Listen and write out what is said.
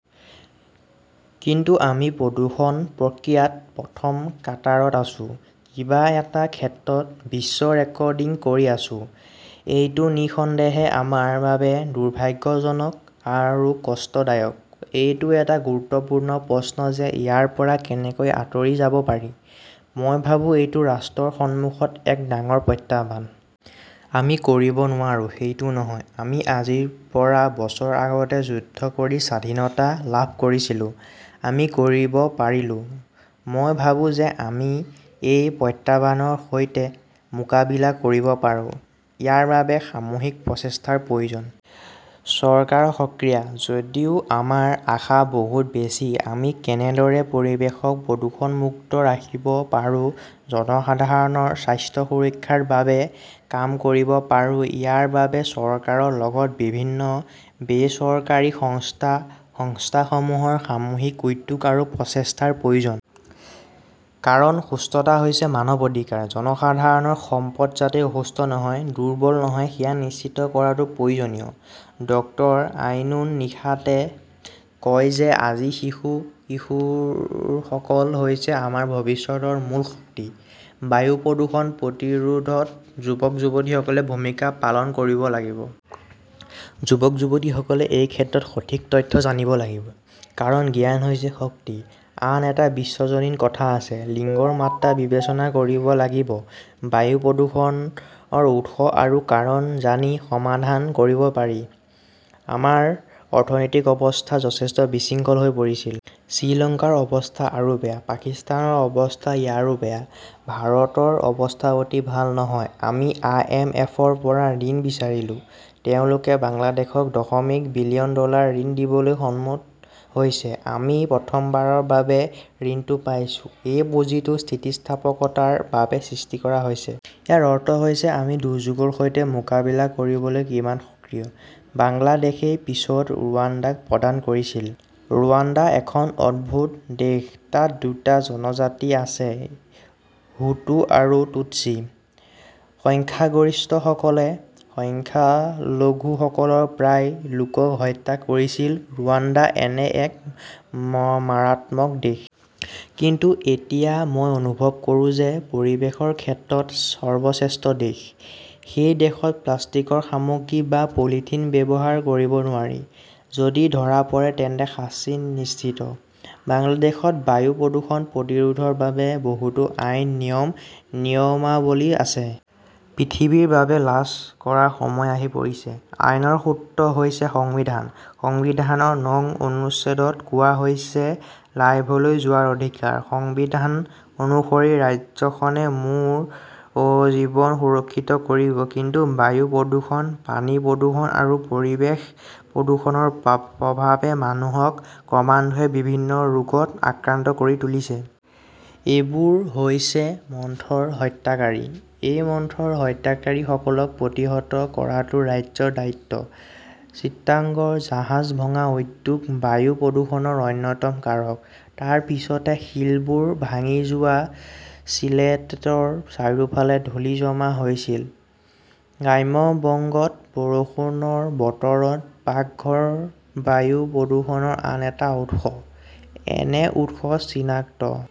কিন্তু আমি প্ৰদূষণ প্ৰক্ৰিয়াত প্ৰথম কাটাৰত আছো। কিবা এটা ক্ষেত্ৰত বিশ্ব ৰেকৰ্ডিং কৰি আছো। এইটো নিঃসন্দেহে আমাৰ বাবে দুৰ্ভাগ্যজনক আৰু কষ্টদায়ক। এইটো এটা গুৰুত্বপূৰ্ণ প্ৰশ্ন যে ইয়াৰ পৰা কেনেকৈ আঁতৰি যাব পাৰি। মই ভাবো এইটো ৰাষ্ট্ৰৰ সন্মুখত এক ডাঙৰ প্ৰত্যাহ্বান। আমি কৰিব নোৱাৰো, সেইটো নহয়। আমি আজিৰ পৰা বছৰ আগতে যুদ্ধ কৰি স্বাধীনতা লাভ কৰিছিলো। আমি কৰিব পাৰিলো। মই ভাবো যে আমি এই প্ৰত্যাহ্বানৰ সৈতে মোকাবিলা কৰিব পাৰোঁ। ইয়াৰ বাবে সামূহিক প্ৰচেষ্টাৰ প্ৰয়োজন। চৰকাৰ সক্ৰিয়। যদিও আমাৰ আশা বহুত বেছি। আমি কেনেদৰে পৰিৱেশক প্ৰদূষণমুক্ত ৰাখিব পাৰোঁ জনসাধাৰণৰ স্বাস্থ্য সুৰক্ষাৰ বাবে কাম কৰিব পাৰোঁ ইয়াৰ বাবে চৰকাৰৰ লগতে বিভিন্ন বেচৰকাৰী সংস্থা, সংস্থাসমূহৰ সামূহিক উদ্যোগ আৰু প্ৰচেষ্টাৰ প্ৰয়োজন। কাৰণ সুস্থতা হৈছে মানৱ অধিকাৰ। জনসাধাৰণৰ সম্পদ যাতে অসুস্থ নহয়, দুৰ্বল নহয় সেয়া নিশ্চিত কৰাটো প্ৰয়োজনীয়। ডক্টৰ আইনুন নিশাতে কয় যে আজি শিশু-কিশোৰসকল হৈছে আমাৰ ভৱিষ্যতৰ মূল শক্তি। বায়ু প্ৰদূষণ প্ৰতিৰোধত যুৱক-যুৱতীসকলে ভূমিকা পালন কৰিব লাগিব। যুৱক-যুৱতীসকলে এই ক্ষেত্ৰত সঠিক তথ্য জানিব লাগিব। কাৰণ জ্ঞান হৈছে শক্তি। আন এটা বিশ্বজনীন কথা আছে, লিংগৰ মাত্ৰা বিবেচনা কৰিব লাগিব। বায়ু প্ৰদূষণৰ উৎস আৰু কাৰণ জানি সমাধান কৰিব পাৰি। আমাৰ অৰ্থনৈতিক অৱস্থা যথেষ্ট বিশৃংখল হৈ পৰিছিল। শ্ৰীলংকাৰ অৱস্থা আৰু বেয়া। পাকিস্তানৰ অৱস্থা ইয়াৰো বেয়া। ভাৰতৰ অৱস্থা অতি ভাল নহয়। আমি আইএমএফৰ পৰা ঋণ বিচাৰিছিলো। তেওঁলোকে বাংলাদেশক দশমিক বিলিয়ন ডলাৰ ঋণ দিবলৈ সন্মত হৈছে। আমি প্ৰথমবাৰৰ বাবে ঋণটো পাইছো। এই পুঁজিটো স্থিতিস্থাপকতাৰ বাবে সৃষ্টি কৰা হৈছে। ইয়াৰ অৰ্থ হৈছে আমি দুৰ্যোগৰ সৈতে মোকাবিলা কৰিবলৈ কিমান সক্ৰিয়। বাংলাদেশই পিছত ৰুৱাণ্ডাক প্ৰদান কৰিছিল। ৰুৱাণ্ডা এখন অদ্ভুত দেশতাত দুটা জনজাতি আছে-হুটু আৰু টুটচি। সংখ্যাগৰিষ্ঠসকলে সংখ্যালঘুসকলৰ প্ৰায় লোকক হত্যা কৰিছিল। ৰুৱাণ্ডা এনে এক মাৰাত্মক দেশ। কিন্তু এতিয়া মই অনুভৱ কৰোঁ যে পৰিৱেশৰ ক্ষেত্ৰত সৰ্বশ্ৰেষ্ঠ দেশ। সেই দেশত প্লাষ্টিকৰ সামগ্ৰী বা পলিথিন ব্যৱহাৰ কৰিব নোৱাৰি। যদি ধৰা পৰে তেন্তে শাস্তি নিশ্চিত। বাংলাদেশত বায়ু প্ৰদূষণ প্ৰতিৰোধৰ বাবে বহুতো আইন, নিয়ম, নিয়মাৱলী আছে। পৃথিৱীৰ বাবে লাজ কৰাৰ সময় আহি পৰিছে। আইনৰ সূত্ৰ হৈছে সংবিধান। সংবিধানৰ নং অনুচ্ছেদত কোৱা হৈছে লাইভলৈ যোৱাৰ অধিকাৰ । সংবিধান অনুসৰি ৰাজ্যখনে মোৰ জীৱন সুৰক্ষিত কৰিব। কিন্তু বায়ু প্ৰদূষণ, পানী প্ৰদূষণ আৰু পৰিৱেশ প্ৰদূষণৰ প্ৰভাৱে মানুহক ক্ৰমান্বয়ে বিভিন্ন ৰোগত আক্ৰান্ত কৰি তুলিছে। এইবোৰ হৈছে মন্থৰ হত্যাকাৰী । এই মন্থৰ হত্যাকাৰীসকলক প্ৰতিহত কৰাটো ৰাজ্যৰ দায়িত্ব। চিটাগংৰ জাহাজ ভঙা উদ্যোগ বায়ু প্ৰদূষণৰ অন্যতম কাৰক। তাৰ পিছতে শিলবোৰ ভাঙি যোৱা শ্বিলেটৰ চাৰিওফালে ধূলি জমা হৈছিল। গ্ৰাম্য বংগত বৰষুণৰ বতৰত পাকঘৰ বায়ু প্ৰদূষণৰ আন এটা উৎস। এনে উৎস চিনাক্ত